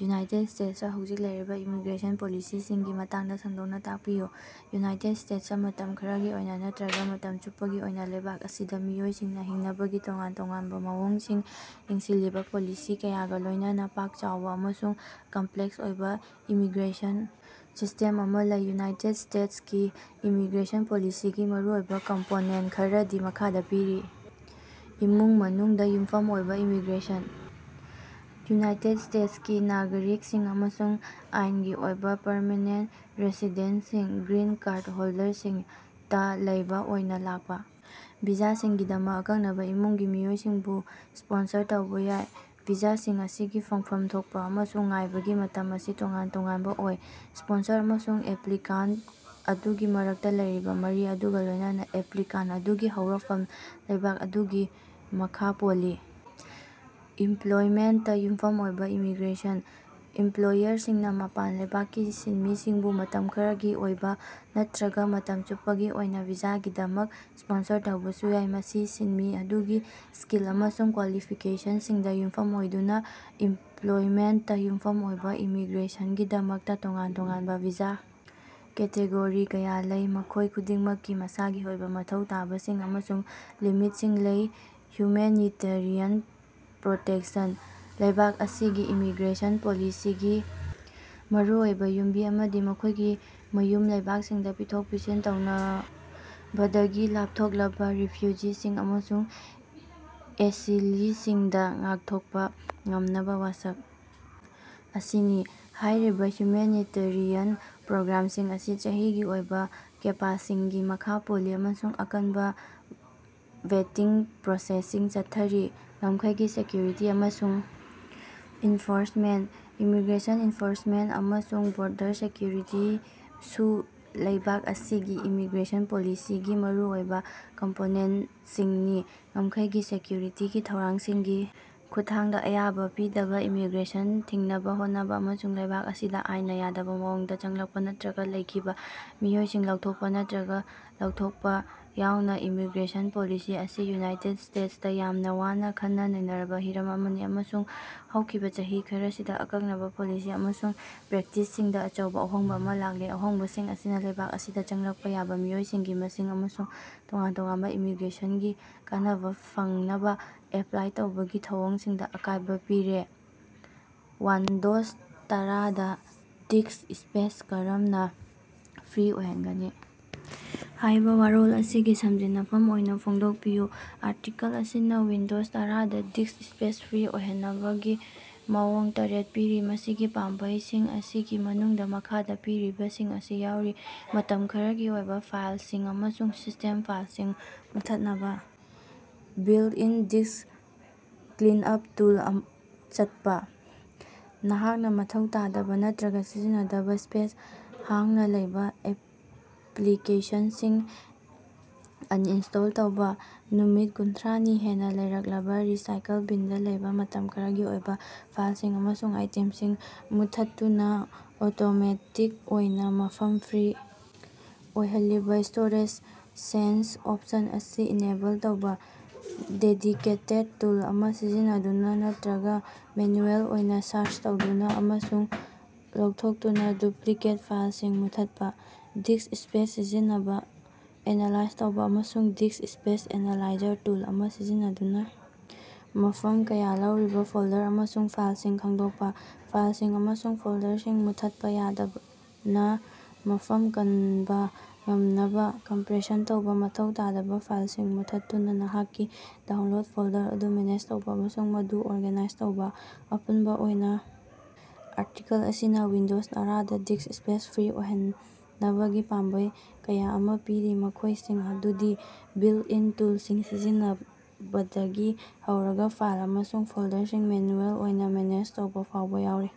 United ꯁ꯭ꯇꯦꯠꯁꯇ ꯍꯧꯖꯤꯛ ꯂꯩꯔꯤꯕ ꯏꯃꯤꯒ꯭ꯔꯦꯁꯟ ꯄꯣꯂꯤꯁꯤꯁꯤꯡꯒꯤ ꯃꯇꯥꯡꯗ ꯁꯟꯗꯣꯛꯅ ꯇꯥꯛꯄꯤꯌꯨ꯫ ꯌꯨꯅꯥꯏꯇꯦꯗ ꯁ꯭ꯇꯦꯠꯁꯇ ꯃꯇꯝ ꯈꯔꯒꯤ ꯑꯣꯏꯅ ꯅꯠꯇ꯭ꯔꯒ ꯃꯇꯝ ꯆꯨꯞꯄꯒꯤ ꯑꯣꯏꯅ ꯂꯩꯕꯥꯛ ꯑꯁꯤꯗ ꯃꯤꯑꯣꯏꯁꯤꯡꯅ ꯍꯤꯡꯅꯕꯒꯤ ꯇꯣꯉꯥꯟ-ꯇꯣꯉꯥꯟꯕ ꯃꯑꯣꯡꯁꯤꯡ ꯌꯦꯡꯁꯤꯜꯂꯤꯕ ꯄꯣꯂꯤꯁꯤ ꯀꯌꯥꯒ ꯂꯣꯏꯅꯅ ꯄꯥꯛ-ꯆꯥꯎꯕ ꯑꯃꯁꯨꯡ ꯀꯝꯄ꯭ꯂꯦꯛꯁ ꯑꯣꯏꯕ ꯏꯃꯤꯒ꯭ꯔꯦꯁꯟ ꯁꯤꯁꯇꯦꯝ ꯑꯃ ꯂꯩ꯫ ꯌꯨꯅꯥꯏꯇꯦꯠ ꯏꯁꯇꯦꯠꯁ ꯀꯤ ꯏꯃꯤꯒ꯭ꯔꯦꯁꯟ ꯄꯣꯂꯤꯁꯤꯒꯤ ꯃꯔꯨꯑꯣꯏꯕ ꯀꯝꯄꯣꯅꯦꯟꯇ ꯈꯔꯗꯤ ꯃꯈꯥꯗ ꯄꯤꯔꯤ: ꯏꯃꯨꯡ-ꯃꯅꯨꯡꯗ ꯌꯨꯝꯐꯝ ꯑꯣꯏꯕ ꯏꯃꯤꯒ꯭ꯔꯦꯁꯟ: ꯌꯨꯅꯥꯏꯇꯦꯗ ꯏꯁꯇꯦꯠꯁ ꯀꯤ ꯅꯥꯒꯔꯤꯛꯁꯤꯡ ꯑꯃꯁꯨꯡ ꯑꯥꯏꯟꯒꯤ ꯑꯣꯏꯕ ꯄꯔꯃꯦꯅꯦꯟꯇ ꯔꯦꯁꯤꯗꯦꯟꯇꯁꯤꯡ (ꯒ꯭ꯔꯤꯟ ꯀꯥꯔꯗ ꯍꯣꯜꯗꯔꯁꯤꯡ) ꯇꯥ ꯂꯩꯕ ꯑꯣꯏꯅ ꯂꯥꯛꯄ ꯚꯤꯖꯥꯁꯤꯡꯒꯤꯗꯃꯛ ꯑꯀꯛꯅꯕ ꯏꯃꯨꯡꯒꯤ ꯃꯤꯑꯣꯏꯁꯤꯡꯕꯨ ꯁ꯭ꯄꯣꯟꯁꯔ ꯇꯧꯕ ꯌꯥꯏ ꯚꯤꯖꯥꯁꯤꯡ ꯑꯁꯤꯒꯤ ꯐꯪꯐꯝ ꯊꯣꯛꯄ ꯑꯃꯁꯨꯡ ꯉꯥꯏꯕꯒꯤ ꯃꯇꯝ ꯑꯁꯤ ꯇꯣꯉꯥꯟ-ꯇꯣꯉꯥꯟꯕ ꯑꯣꯏ꯫ ꯁ꯭ꯄꯣꯟꯁꯔ ꯑꯃꯁꯨꯡ ꯑꯦꯄ꯭ꯂꯤꯀꯥꯟꯇ ꯑꯗꯨꯒꯤ ꯃꯔꯛꯇ ꯂꯩꯔꯤꯕ ꯃꯔꯤ ꯑꯗꯨꯒ ꯂꯣꯏꯅꯅ ꯑꯦꯄ꯭ꯂꯤꯀꯥꯟꯇ ꯑꯗꯨꯒꯤ ꯍꯧꯔꯛꯐꯝ ꯂꯩꯕꯥꯛ ꯑꯗꯨꯒꯤ ꯃꯈꯥ ꯄꯣꯜꯂꯤ꯫ ꯏꯝꯄ꯭ꯂꯣꯏꯃꯦꯟꯇꯇꯥ ꯌꯨꯝꯐꯝ ꯑꯣꯏꯕ ꯏꯃꯤꯒ꯭ꯔꯦꯁꯟ: ꯏꯝꯄ꯭ꯂꯣꯌꯔꯁꯤꯡꯅ ꯃꯄꯥꯟ ꯂꯩꯕꯥꯛꯀꯤ ꯁꯤꯟꯃꯤꯁꯤꯡꯕꯨ ꯃꯇꯝ ꯈꯔꯒꯤ ꯑꯣꯏꯕ ꯅꯠꯇ꯭ꯔꯒ ꯃꯇꯝ ꯆꯨꯞꯄꯒꯤ ꯑꯣꯏꯅ ꯚꯤꯖꯥꯒꯤꯗꯃꯛ ꯁ꯭ꯄꯣꯟꯁꯔ ꯇꯧꯕꯁꯨ ꯌꯥꯏ, ꯃꯁꯤ ꯁꯤꯟꯃꯤ ꯑꯗꯨꯒꯤ ꯁ꯭ꯀꯤꯜ ꯑꯃꯁꯨꯡ ꯀ꯭ꯋꯥꯂꯤꯐꯤꯀꯦꯁꯟꯁꯤꯡꯗ ꯌꯨꯝꯐꯝ ꯑꯣꯏꯗꯨꯅ꯫ ꯏꯝꯄ꯭ꯂꯣꯏꯃꯦꯟꯇꯇꯥ ꯌꯨꯝꯐꯝ ꯑꯣꯏꯕ ꯏꯃꯤꯒ꯭ꯔꯦꯁꯟꯒꯤꯗꯃꯛꯇꯥ ꯇꯣꯉꯥꯟ-ꯇꯣꯉꯥꯟꯕ ꯚꯤꯖꯥ ꯀꯦꯇꯦꯒꯣꯔꯤ ꯀꯌꯥ ꯂꯩ, ꯃꯈꯣꯏ ꯈꯨꯗꯤꯡꯃꯛꯀꯤ ꯃꯁꯥꯒꯤ ꯑꯣꯏꯕ ꯃꯊꯧ ꯇꯥꯕꯁꯤꯡ ꯑꯃꯁꯨꯡ ꯂꯤꯃꯤꯠꯁꯤꯡ ꯂꯩ꯫ ꯍ꯭ꯌꯨꯃꯦꯅꯤꯇꯔꯤꯌꯥꯟ ꯄ꯭ꯔꯣꯇꯦꯛꯁꯟ: ꯂꯩꯕꯥꯛ ꯑꯁꯤꯒꯤ ꯏꯃꯤꯒ꯭ꯔꯦꯁꯟ ꯄꯣꯂꯤꯁꯤꯒꯤ ꯃꯔꯨꯑꯣꯏꯕ ꯌꯨꯝꯕꯤ ꯑꯃꯗꯤ ꯃꯈꯣꯏꯒꯤ ꯃꯌꯨꯝ ꯂꯩꯕꯥꯛꯁꯤꯡꯗ ꯄꯤꯊꯣꯛ-ꯄꯤꯁꯤꯟ ꯇꯧꯅꯕꯗꯒꯤ ꯂꯥꯞꯊꯣꯛꯂꯕ ꯔꯤꯐ꯭ꯌꯨꯖꯤꯁꯤꯡ ꯑꯃꯁꯨꯡ ꯑꯦꯁꯤꯂꯤꯁꯤꯡꯗꯥ ꯉꯥꯛꯊꯣꯛꯄ ꯉꯝꯅꯕ ꯋꯥꯁꯛ ꯑꯁꯤꯅꯤ꯫ ꯍꯥꯏꯔꯤꯕ ꯍ꯭ꯌꯨꯃꯦꯅꯤꯇꯔꯤꯌꯥꯟ ꯄ꯭ꯔꯣꯒ꯭ꯔꯥꯝꯁꯤꯡ ꯑꯁꯤ ꯆꯍꯤꯒꯤ ꯑꯣꯏꯕ ꯀꯦꯄꯥꯁꯤꯡꯒꯤ ꯃꯈꯥ ꯄꯣꯜꯂꯤ ꯑꯃꯁꯨꯡ ꯑꯀꯟꯕ ꯚꯦꯇꯤꯡ ꯄ꯭ꯔꯣꯁꯦꯁꯁꯤꯡ ꯆꯠꯊꯔꯤ꯫ ꯉꯝꯈꯩꯒꯤ ꯁꯦꯀ꯭ꯌꯨꯔꯤꯇꯤ ꯑꯃꯁꯨꯡ ꯏꯟꯐꯣꯔꯁꯃꯦꯟꯇ: ꯏꯃꯤꯒ꯭ꯔꯦꯁꯟ ꯏꯟꯐꯣꯔꯁꯃꯦꯟꯇ ꯑꯃꯁꯨꯡ ꯕꯣꯔꯗꯔ ꯁꯦꯀ꯭ꯌꯨꯔꯤꯇꯤꯁꯨ ꯂꯩꯕꯥꯛ ꯑꯁꯤꯒꯤ ꯏꯃꯤꯒ꯭ꯔꯦꯁꯟ ꯄꯣꯂꯤꯁꯤꯒꯤ ꯃꯔꯨꯑꯣꯏꯕ ꯀꯝꯄꯣꯅꯦꯟꯇꯁꯤꯡꯅꯤ꯫ ꯉꯝꯈꯩꯒꯤ ꯁꯦꯀ꯭ꯌꯨꯔꯤꯇꯤꯒꯤ ꯊꯧꯔꯥꯡꯁꯤꯡꯒꯤ ꯈꯨꯠꯊꯥꯡꯗ ꯑꯌꯥꯕ ꯄꯤꯗꯕ ꯏꯃꯤꯒ꯭ꯔꯦꯁꯟ ꯊꯤꯡꯅꯕ ꯍꯣꯠꯅꯕ, ꯑꯃꯁꯨꯡ ꯂꯩꯕꯥꯛ ꯑꯁꯤꯗ ꯑꯥꯏꯟꯅ ꯌꯥꯗꯕ ꯃꯑꯣꯡꯗꯥ ꯆꯪꯂꯛꯄ ꯅꯠꯇ꯭ꯔꯒ ꯂꯩꯈꯤꯕ ꯃꯤꯑꯣꯏꯁꯤꯡ ꯂꯧꯊꯣꯛꯄ ꯅꯠꯇ꯭ꯔꯒ ꯂꯧꯊꯣꯛꯄ ꯌꯥꯎꯅ꯫ ꯏꯃꯤꯒ꯭ꯔꯦꯁꯟ ꯄꯣꯂꯤꯁꯤ ꯑꯁꯤ ꯌꯨꯅꯥꯏꯇꯦꯗ ꯁ꯭ꯇꯦꯇꯁꯇ ꯌꯥꯝꯅ ꯋꯥꯅ ꯈꯟꯅ-ꯅꯩꯅꯔꯕ ꯍꯤꯔꯝ ꯑꯃꯅꯤ, ꯑꯃꯁꯨꯡ ꯍꯧꯈꯤꯕ ꯆꯍꯤ ꯈꯔꯁꯤꯗ ꯑꯀꯛꯅꯕ ꯄꯣꯂꯤꯁꯤ ꯑꯃꯁꯨꯡ ꯄ꯭ꯔꯦꯛꯇꯤꯁꯁꯤꯡꯗ ꯑꯆꯧꯕ ꯑꯍꯣꯡꯕ ꯑꯃ ꯂꯥꯛꯂꯦ꯫ ꯑꯍꯣꯡꯕꯁꯤꯡ ꯑꯁꯤꯅ ꯂꯩꯕꯥꯛ ꯑꯁꯤꯗ ꯆꯪꯂꯛꯄ ꯌꯥꯕ ꯃꯤꯑꯣꯏꯁꯤꯡꯒꯤ ꯃꯁꯤꯡ ꯑꯃꯁꯨꯡ ꯇꯣꯉꯥꯟ ꯇꯣꯉꯥꯟꯕ ꯏꯃꯤꯒ꯭ꯔꯦꯁꯟꯒꯤ ꯀꯥꯟꯅꯕ ꯐꯪꯅꯕ ꯑꯦꯄ꯭ꯂꯥꯏ ꯇꯧꯕꯒꯤ ꯊꯧꯑꯣꯡꯁꯤꯡꯗ ꯑꯀꯥꯏꯕ ꯄꯤꯔꯦ꯫ "ꯋꯥꯟꯗꯣꯖ ꯇꯔꯥꯗ ꯗꯤꯁ꯭ꯛ ꯁ꯭ꯄꯦꯁ ꯀꯔꯝꯅ ꯐ꯭ꯔꯤ ꯑꯣꯏꯍꯟꯒꯅꯤ?" ꯍꯥꯏꯕ ꯋꯥꯔꯣꯜ ꯑꯁꯤꯒꯤ ꯁꯝꯖꯤꯟꯅꯐꯝ ꯑꯣꯏꯅ ꯐꯣꯡꯗꯣꯛꯄꯤꯌꯨ꯫ ꯑꯥꯔꯇꯤꯀꯜ ꯑꯁꯤꯅ ꯋꯤꯟꯗꯣꯖ ꯇꯔꯥꯗ ꯗꯤꯁ꯭ꯛ ꯁ꯭ꯄꯦꯁ ꯐ꯭ꯔꯤ ꯑꯣꯏꯍꯟꯅꯕꯒꯤ ꯃꯑꯣꯡ ꯇꯔꯦꯠ ꯄꯤꯔꯤ, ꯃꯁꯤꯒꯤ ꯄꯥꯝꯕꯩꯁꯤꯡ ꯑꯁꯤꯒꯤ ꯃꯅꯨꯡꯗ ꯃꯈꯥꯗ ꯄꯤꯔꯤꯕꯁꯤꯡ ꯑꯁꯤ ꯌꯥꯎꯔꯤ: ꯃꯇꯝ ꯈꯔꯒꯤ ꯑꯣꯏꯕ ꯐꯥꯏꯜꯁꯤꯡ ꯑꯃꯁꯨꯡ ꯁꯤꯁ꯭ꯇꯦꯝ ꯐꯥꯏꯜꯁꯤꯡ ꯃꯨꯠꯊꯠꯅꯕ ꯕꯤꯜꯇ-ꯏꯟ ꯗꯤꯁ꯭ꯛ ꯀ꯭ꯂꯤꯟꯑꯞ ꯇꯨꯜ ꯆꯠꯄ꯫ ꯅꯍꯥꯛꯅ ꯃꯊꯧ ꯇꯥꯗꯕ ꯅꯠꯇꯔꯒ ꯁꯤꯖꯤꯟꯅꯗꯕ ꯁ꯭ꯄꯦꯁ-ꯍꯥꯡꯅ ꯂꯩꯕ ꯑꯦꯄ꯭ꯂꯤꯀꯦꯁꯟꯁꯤꯡ ꯑꯟꯏꯟꯁꯇꯣꯜ ꯇꯧꯕ꯫ ꯅꯨꯃꯤꯠ ꯀꯨꯟꯊ꯭ꯔꯥꯅꯤ ꯍꯦꯟꯅ ꯂꯩꯔꯛꯂꯕ ꯔꯤꯁꯥꯏꯀꯜ ꯕꯤꯟꯗ ꯂꯩꯕ ꯃꯇꯝ ꯈꯔꯒꯤ ꯑꯣꯏꯕ ꯐꯥꯏꯜꯁꯤꯡ ꯑꯃꯁꯨꯡ ꯑꯥꯏꯇꯦꯝꯁꯤꯡ ꯃꯨꯠꯊꯠꯇꯨꯅ ꯑꯣꯇꯣꯃꯦꯇꯤꯛ ꯑꯣꯏꯅ ꯃꯐꯝ ꯐ꯭ꯔꯤ ꯑꯣꯏꯍꯜꯂꯤꯕ ꯁ꯭ꯇꯣꯔꯦꯖ ꯁꯦꯟꯁ ꯑꯣꯞꯁꯟ ꯑꯁꯤ ꯏꯅꯦꯕꯜ ꯇꯧꯕ꯫ ꯗꯦꯗꯤꯀꯦꯇꯦꯗ ꯇꯨꯜ ꯑꯃ ꯁꯤꯖꯤꯟꯅꯗꯨꯅ ꯅꯠꯇ꯭ꯔꯒ ꯃꯦꯅꯨꯑꯦꯜ ꯑꯣꯏꯅ ꯁꯥꯔꯆ ꯇꯧꯗꯨꯅ ꯑꯃꯁꯨꯡ ꯂꯧꯊꯣꯛꯇꯨꯅ ꯗꯨꯄ꯭ꯂꯤꯀꯦꯠ ꯐꯥꯏꯜꯁꯤꯡ ꯃꯨꯠꯊꯠꯄ꯫ ꯗꯤꯁ꯭ꯛ ꯁ꯭ꯄꯦꯁ ꯁꯤꯖꯤꯟꯅꯕ ꯑꯦꯅꯥꯂꯥꯏꯖ ꯇꯧꯕ ꯑꯃꯁꯨꯡ ꯗꯤꯁ꯭ꯛ ꯁ꯭ꯄꯦꯁ ꯑꯦꯅꯥꯂꯥꯏꯖꯔ ꯇꯨꯜ ꯑꯃ ꯁꯤꯖꯤꯟꯅꯗꯨꯅ ꯃꯐꯝ ꯀꯌ ꯂꯧꯔꯤꯕ ꯐꯣꯜꯗꯔ ꯑꯃꯁꯨꯡ ꯐꯥꯏꯜꯁꯤꯡ ꯈꯪꯗꯣꯛꯄ꯫ ꯐꯥꯏꯜꯁꯤꯡ ꯑꯃꯁꯨꯡ ꯐꯣꯜꯗꯔꯁꯤꯡ ꯃꯨꯠꯊꯠꯄ ꯌꯥꯗꯅ ꯃꯐꯝ ꯀꯟꯕ ꯉꯝꯅꯕ ꯀꯝꯄ꯭ꯔꯦꯁꯟ ꯇꯧꯕ꯫ ꯃꯊꯧ ꯇꯥꯗꯕ ꯐꯥꯏꯜꯁꯤꯡ ꯃꯨꯠꯊꯠꯇꯨꯅ ꯅꯍꯥꯛꯀꯤ ꯗꯥꯎꯟꯂꯣꯗ ꯐꯣꯜꯗꯔ ꯑꯗꯨ ꯃꯦꯅꯦꯖ ꯇꯧꯕ ꯑꯃꯁꯨꯡ ꯃꯗꯨ ꯑꯣꯔꯒꯥꯅꯥꯏꯖ ꯇꯧꯕ꯫ ꯑꯄꯨꯟꯕ ꯑꯣꯏꯅ ꯑꯥꯔꯇꯤꯀꯜ ꯑꯁꯤꯅ ꯋꯤꯟꯗꯣꯖ ꯇꯔꯥꯗ ꯗꯤꯁ꯭ꯛ ꯁ꯭ꯄꯦꯁ ꯐ꯭ꯔꯤ ꯑꯣꯏꯍꯟꯅꯕꯒꯤ ꯄꯥꯝꯕꯩ ꯀꯌꯥ ꯑꯃ ꯄꯤꯔꯤ, ꯃꯈꯣꯏꯁꯤꯡ ꯑꯗꯨꯗꯤ ꯕꯤꯜꯇ-ꯏꯟ ꯇꯨꯜꯁꯤꯡ ꯁꯤꯖꯤꯟꯅꯕꯗꯒꯤ ꯍꯧꯔꯒ ꯐꯥꯏꯜ ꯑꯃꯁꯨꯡ ꯐꯣꯜꯗꯔꯁꯤꯡ ꯃꯦꯅꯨꯑꯦꯜ ꯑꯣꯏꯅ ꯃꯦꯅꯦꯖ ꯇꯧꯕꯐꯥꯎꯕ ꯌꯥꯎꯔꯤ꯫